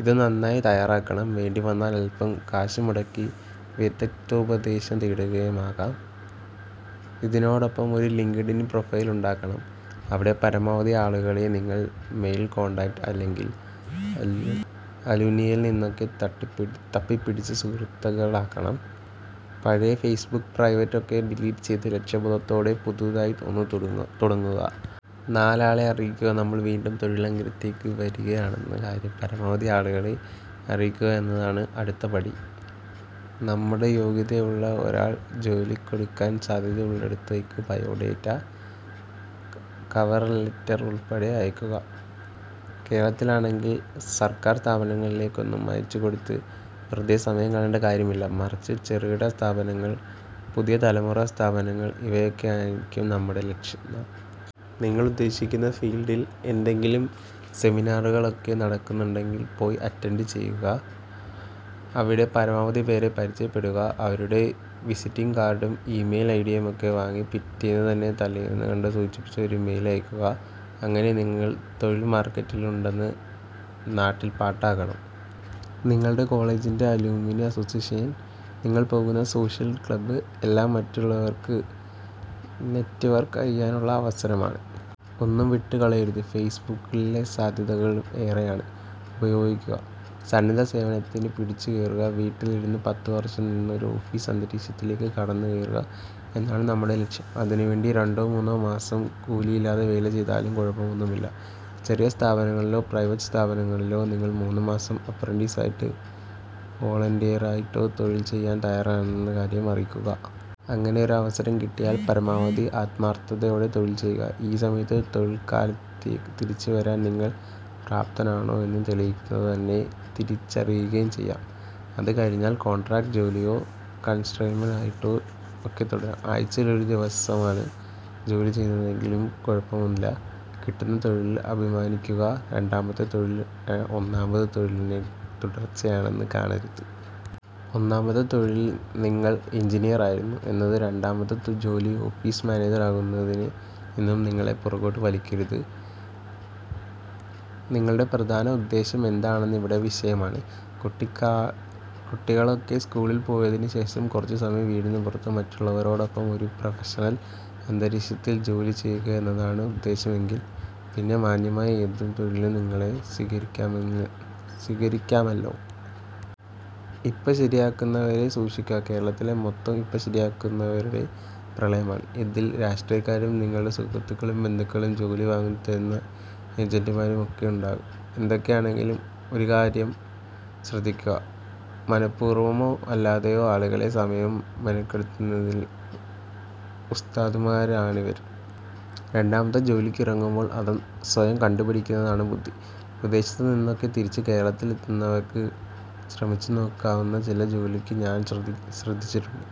ഇത് നന്നായി തയ്യാറാക്കണം. വേണ്ടിവന്നാല് അല്പ്പം കാശ് മുടക്കി വിദഗ്ദ്ധോപദേശം തേടുകയുമാകാം. ഇതോടൊപ്പം ഒരു ലിങ്ക്ഡ് ഇന് പ്രൊഫൈല് ഉണ്ടാക്കണം, അവിടെ പരമാവധി ആളുകളെ നിങ്ങളുടെ മെയില് കോണ്ടാക്ട് അല്ലെങ്കില് അലുംനിയില് നിന്നൊക്കെ തപ്പിപ്പിടിച്ച് സുഹൃത്തുക്കള് ആക്കണം. പഴയ ഫെയ്സ്ബുക്ക് പ്രൊഫൈല് ഒക്കെ ഡിലീറ്റ് ചെയ്ത് ലക്ഷ്യബോധത്തോടെ പുതിയതായി ഒന്ന് തുടങ്ങുക. നാലാളെ അറിയിക്കുക നമ്മള് വീണ്ടും തൊഴില്രംഗത്തേക്ക് വരികയാണെന്നുള്ള കാര്യം പരമാവധി ആളുകളെ അറിയിക്കുക എന്നതാണ് അടുത്ത പടി. നമ്മളുടെ യോഗ്യതയുള്ള ഒരാളെ ജോലിക്കെടുക്കാന് സാധ്യതയുള്ളിടത്തൊക്കെ ബയോഡേറ്റ, കവര് ലെറ്റര് ഉള്പ്പെടെ അയയ്ക്കുക. കേരളത്തിലാണെങ്കില് സര്ക്കാര് സ്ഥാപനങ്ങളിലേക്കൊന്നും അയച്ചുകൊടുത്ത് വെറുതെ സമയം കളയേണ്ട കാര്യമില്ല. മറിച്ച് ചെറുകിട സ്ഥാപനങ്ങള്, പുതിയ തലമുറ സ്ഥാപനങ്ങള് ഇവയൊക്കെയായിരിക്കണം നമ്മുടെ ലക്ഷ്യം. നിങ്ങള് ഉദ്ദേശിക്കുന്ന ഫീല്ഡില് എന്തെങ്കിലും സെമിനാറുകളൊക്കെ നടക്കുന്നുണ്ടെങ്കില് പോയി അറ്റന്റ് ചെയ്യുക, അവിടെ പരമാവധി പേരെ പരിചയപ്പെടുക, അവരുടെ വിസിറ്റിംഗ് കാര്ഡും ഈമെയില് ഐഡിയുമൊക്കെ വാങ്ങി പിറ്റേന്നുതന്നെ തലേന്ന് കണ്ടത് സൂചിപ്പിച്ച് ഒരു മെയില് അയക്കുക. അങ്ങനെ നിങ്ങള് തൊഴില് മാര്ക്കറ്റില് ഉണ്ടെന്ന് നാട്ടില് പാട്ടാക്കണം. നിങ്ങളുടെ കോളേജിന്റെ അലുംനി അസോസിയേഷന്, നിങ്ങള് പോകുന്ന സോഷ്യല് ക്ലബ് എല്ലാം മറ്റുള്ളവരുമായി നെറ്റ്വര്ക്ക് ചെയ്യാനുള്ള അവസരമാണ്. ഒന്നും വിട്ടുകളയരുത്. ഫെയ്സ്ബുക്കിന്റെ സാധ്യതകളും ഏറെയാണ്, ഉപയോഗിക്കുക. സന്നദ്ധസേവനത്തില് പിടിച്ചുകയറുക വീട്ടിലിരുന്ന പത്തുവര്ഷത്തില് നിന്നും ഒരു ഓഫീസ് അന്തരീക്ഷത്തിലേക്ക് കടന്നുകയറുക എന്നതാണ് നമ്മുടെ ലക്ഷ്യം. അതിനുവേണ്ടി രണ്ടോ മൂന്നോ മാസം കൂലിയില്ലാതെ വേല ചെയ്താലും കുഴപ്പമൊന്നുമില്ല. ചെറിയ സ്ഥാപനങ്ങളിലോ പ്രൈവറ്റ് സ്ഥാപനങ്ങളിലോ നിങ്ങള് മൂന്നുമാസം 'അപ്രന്റീസ്' ആയിട്ടോ 'വോളണ്ടിയര്' ആയിട്ടോ തൊഴില് ചെയ്യാന് തയ്യാറാണെന്ന കാര്യം അറിയിക്കുക. അങ്ങനെ ഒരവസരം കിട്ടിയാല് പരമാവധി ആത്മാര്ത്ഥതയോടെ തൊഴില് ചെയ്യുക. ഈ സമയത്ത് തൊഴില്ക്കാലത്തേക്ക് തിരിച്ചുവരാന് നിങ്ങള് പ്രാപ്തനാണോ എന്ന് നിങ്ങള്ക്കുതന്നെ തിരിച്ചറിയുകയും ചെയ്യാം. അത് കഴിഞ്ഞാല് കോണ്ട്രാക്ട് ജോലിയായോ കണ്സല്ട്ടന്റ് ആയിട്ടോ ഒക്കെ തുടരുക. ആഴ്ചയില് ഒരു ദിവസമാണ് ജോലി ചെയ്യുന്നതെങ്കില് പോലും കുഴപ്പമില്ല. കിട്ടുന്ന തൊഴിലില് അഭിമാനിക്കുക രണ്ടാമത്തെ തൊഴില് ഒന്നാമത്തെ തൊഴിലിന്റെ തുടര്ച്ചയായി കാണരുത്. ഒന്നാമത്തെ തൊഴിലില് നിങ്ങള് എന്ജിനീയറായിരുന്നു എന്നത് രണ്ടാമത്തെ ജോലി ഓഫീസ് മാനേജര് ആകുന്നതില് നിന്നും നിങ്ങളെ പുറകോട്ടു വലിക്കരുത്. നിങ്ങളുടെ പ്രധാന ഉദ്ദേശ്യം എന്താണെന്നതും ഇവിടെ വിഷയമാണ്. കുട്ടികളൊക്കെ സ്കൂളില് പോയതിനുശേഷം കുറച്ചുസമയം വീടിനു പുറത്ത് മറ്റുള്ളവരോടൊപ്പം ഒരു പ്രൊഫഷണല് അന്തരീക്ഷത്തില് ജോലി ചെയ്യുക എന്നതാണ് ഉദ്ദേശമെങ്കില് പിന്നെ മാന്യമായ ഏതു തൊഴിലും നിങ്ങള്ക്ക് സ്വീകരിക്കാമല്ലോ. 'ഇപ്പ ശരിയാക്കുന്ന'വരെ സൂക്ഷിക്കുക കേരളത്തില് മൊത്തം 'ഇപ്പ ശരിയാക്കിത്തരുന്ന'വരുടെ പ്രളയമാണ്. ഇതില് രാഷ്ട്രീയക്കാരും, നിങ്ങളുടെ സുഹൃത്തുക്കളും, ബന്ധുക്കളും, ജോലി വാങ്ങിത്തരുന്ന ഏജന്റുമാരും വരെ ഉണ്ടാകാം. എന്തൊക്കെയാണെങ്കിലും ഒരു കാര്യം ശ്രദ്ധിക്കണം. മനഃപൂര്വമോ അല്ലാതെയോ ആളുകളുടെ സമയം മെനക്കെടുത്തുന്നതില് ഉസ്താദുമാര് ആണിവര്. രണ്ടാമത്തെ ജോലിക്കിറങ്ങുമ്പോള് അത് സ്വയം കണ്ടുപിടിക്കുന്നതാണ് ബുദ്ധി. വിദേശത്തു നിന്നൊക്കെ തിരിച്ചു കേരളത്തില് എത്തുന്നവര്ക്ക് ശ്രമിച്ചുനോക്കാവുന്ന ചില ജോലികള് ഞാന് ശ്രദ്ധിച്ചിട്ടുണ്ട്.